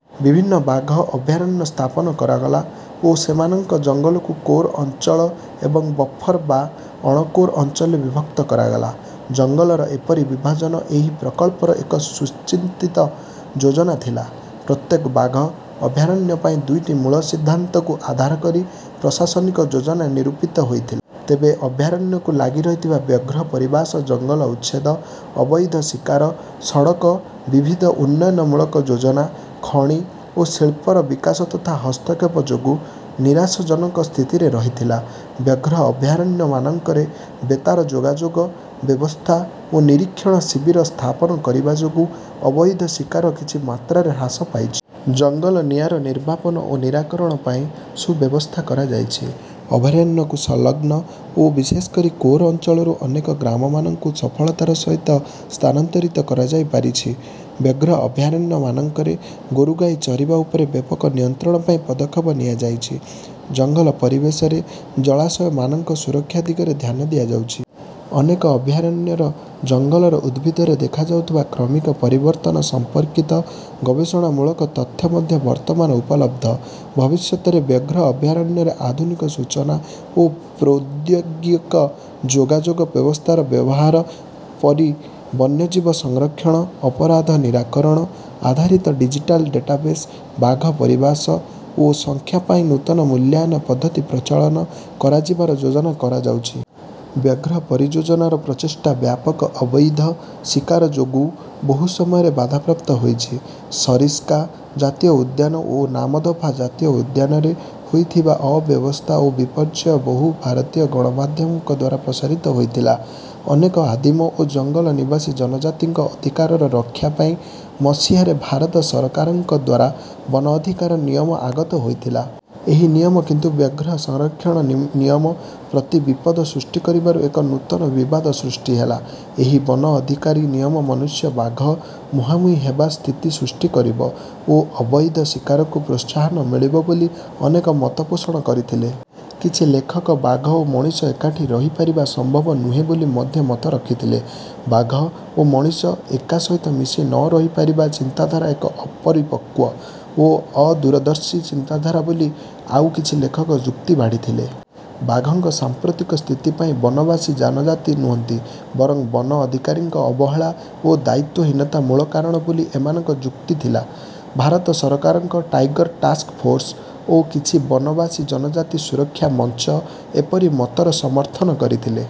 ବିଭିନ୍ନ ବାଘ ଅଭୟାରଣ୍ୟ ସ୍ଥାପନ କରାଗଲା ଓ ସେମାନଙ୍କ ଜଙ୍ଗଲକୁ କୋର୍ ଅଞ୍ଛଳ ଏବଂ ବଫର୍ ବା ଅଣକୋର୍ ଅଞ୍ଚଳରେ ବିଭକ୍ତ କରାଗଲା। ଜଙ୍ଗଲର ଏପରି ବିଭାଜନ ଏହି ପ୍ରକଳ୍ପର ଏକ ସୁଚିନ୍ତିତ ଯୋଜନା ଥିଲା। ପ୍ରତ୍ୟେକ ବାଘ ଅଭୟାରଣ୍ୟ ପାଇଁ ଦୁଇଟି ମୂଳ ସିଦ୍ଧାନ୍ତକୁ ଆଧାର କରି ପ୍ରଶାସନିକ ଯୋଜନା ନିରୂପିତ ହୋଇଥିଲା। ତେବେ ଅଭୟାରଣ୍ୟକୁ ଲାଗି ରହିଥିବା ବ୍ୟାଘ୍ର ପରିବାସ ଜଙ୍ଗଲ ଉଚ୍ଛେଦ, ଅବୈଧ ଶିକାର, ସଡ଼କ, ବିବିଧ ଉନ୍ନୟନମୂଳକ ଯୋଜନା, ଖଣି ଓ ଶିଳ୍ପର ବିକାଶ ତଥା ହସ୍ତକ୍ଷେପ ଯୋଗୁଁ ନିରାଶାଜନକ ସ୍ଥିତିରେ ରହିଥିଲା। ବ୍ୟାଘ୍ର ଅଭୟାରଣ୍ୟମାନଙ୍କରେ ବେତାର ଯୋଗାଯୋଗ ବ୍ୟବସ୍ଥା ଓ ନିରୀକ୍ଷଣ ଶିବିର ସ୍ଥାପନ କରିବା ଯୋଗୁଁ ଅବୈଧ ଶିକାର କିଛି ମାତ୍ରାରେ ହ୍ରାସ ପାଇଛି। ଜଙ୍ଗଲ ନିଆଁର ନିର୍ବାପନ ଓ ନିରାକରଣ ପାଇଁ ସୁବ୍ୟବସ୍ଥା କରାଯାଇଛି। ଅଭୟାରଣ୍ୟକୁ ସଂଲଗ୍ନ ଓ ବିଶେଷ କରି କୋର୍ ଅଞ୍ଚଳରୁ ଅନେକ ଗ୍ରାମମାନଙ୍କୁ ସଫଳତାର ସହିତ ସ୍ଥାନାନ୍ତରିତ କରାଯାଇପାରିଛି। ବ୍ୟାଘ୍ର ଅଭୟାରଣ୍ୟମାନଙ୍କରେ ଗୋରୁଗାଈ ଚରିବା ଉପରେ ବ୍ୟାପକ ନିୟନ୍ତ୍ରଣ ପାଇଁ ପଦକ୍ଷେପ ନିଆଯାଇଛି। ଜଙ୍ଗଲ ପରିବେଶରେ ଜଳାଶୟମାନଙ୍କ ସୁରକ୍ଷା ଦିଗରେ ଧ୍ୟାନ ଦିଆଯାଉଛି। ଅନେକ ଅଭୟାରଣ୍ୟର ଜଙ୍ଗଲର ଉଦ୍ଭିଦରେ ଦେଖାଯାଉଥିବା କ୍ରମିକ ପରିବର୍ତ୍ତନ ସମ୍ପର୍କିତ ଗବେଷଣାମୂଳକ ତଥ୍ୟ ମଧ୍ୟ ବର୍ତ୍ତମାନ ଉପଲବ୍ଧ। ଭବିଷ୍ୟତରେ ବ୍ୟାଘ୍ର ଅଭୟାରଣ୍ୟରେ ଆଧୁନିକ ସୂଚନା ଓ ପ୍ରୌଦ୍ୟୋଗିକ ଯୋଗାଯୋଗ ବ୍ୟବସ୍ଥାର ବ୍ୟବହାର କରି ବନ୍ୟଜୀବ ସଂରକ୍ଷଣ, ଅପରାଧ ନିରାକରଣ, ଆଧାରିତ ଡିଜିଟାଲ୍ ଡେଟାବେସ୍, ବାଘ ପରିବାସ ଓ ସଂଖ୍ୟା ପାଇଁ ନୂତନ ମୂଲ୍ୟାୟନ ପଦ୍ଧତି ପ୍ରଚଳନ କରାଯିବାର ଯୋଜନା କରାଯାଉଛି। ବ୍ୟାଘ୍ର ପରିଯୋଜନାର ପ୍ରଚେଷ୍ଟା ବ୍ୟାପକ ଅବୈଧ ଶିକାର ଯୋଗୁଁ ବହୁ ସମୟରେ ବାଧାପ୍ରାପ୍ତ ହୋଇଛି। ସରିସ୍କା ଜାତୀୟ ଉଦ୍ୟାନ ଓ ନାମଦଫା ଜାତୀୟ ଉଦ୍ୟାନରେ ହୋଇଥିବା ଅବ୍ୟବସ୍ଥା ଓ ବିପର୍ଯ୍ୟୟ ବହୁ ଭାରତୀୟ ଗଣମାଧ୍ୟମଙ୍କ ଦ୍ୱାରା ପ୍ରସାରିତ ହୋଇଥିଲା। ଅନେକ ଆଦିମ ଓ ଜଙ୍ଗଲ ନିବାସୀ ଜନଜାତିଙ୍କ ଅଧିକାରର ରକ୍ଷା ପାଇଁ ମସିହାରେ ଭାରତ ସରକାରଙ୍କ ଦ୍ୱାରା ବନ ଅଧିକାର ନିୟମ ଆଗତ ହୋଇଥିଲା। ଏହି ନିୟମ କିନ୍ତୁ ବ୍ୟାଘ୍ର ସଂରକ୍ଷଣ ନିୟମ ପ୍ରତି ବିପଦ ସୃଷ୍ଟି କରିବାରୁ ଏକ ନୂତନ ବିବାଦ ସୃଷ୍ଟି ହେଲା। ଏହି ବନ ଅଧିକାର ନିୟମ ମନୁଷ୍ୟ-ବାଘ ମୁହାଁମୁହିଁ ହେବା ସ୍ଥିତି ସୃଷ୍ଟି କରିବ ଓ ଅବୈଧ ଶିକାରକୁ ପ୍ରୋତ୍ସାହନ ମିଳିବ ବୋଲି ଅନେକ ମତ ପୋଷଣ କରିଥିଲେ। କିଛି ଲେଖକ ବାଘ ଓ ମଣିଷ ଏକାଠି ରହିପାରିବା ସମ୍ଭବ ନୁହେଁ ବୋଲି ମଧ୍ୟ ମତ ରଖିଥିଲେ। ବାଘ ଓ ମଣିଷ ଏକା ସହିତ ମିଶି ନ ରହିପାରିବା ଚିନ୍ତାଧାରା ଏକ ଅପରିପକ୍ୱ ଓ ଅଦୂରଦର୍ଶୀ ଚିନ୍ତାଧାରା ବୋଲି ଆଉ କିଛି ଲେଖକ ଯୁକ୍ତି ବାଢ଼ିଥିଲେ। ବାଘଙ୍କ ସାମ୍ପ୍ରତିକ ସ୍ଥିତି ପାଇଁ ବନବାସୀ ଜନଜାତି ନୁହନ୍ତି, ବରଂ ବନ ଅଧିକାରୀଙ୍କ ଅବହେଳା ଓ ଦାୟିତ୍ୱହୀନତା ମୂଳ କାରଣ ବୋଲି ଏମାନଙ୍କ ଯୁକ୍ତି ଥିଲା। ଭାରତ ସରକାରଙ୍କ "ଟାଇଗର୍ ଟାସ୍କ ଫୋର୍ସ୍" ଓ କିଛି ବନବାସୀ ଜନଜାତି ସୁରକ୍ଷା ମଞ୍ଚ ଏପରି ମତର ସମର୍ଥନ କରିଥିଲେ।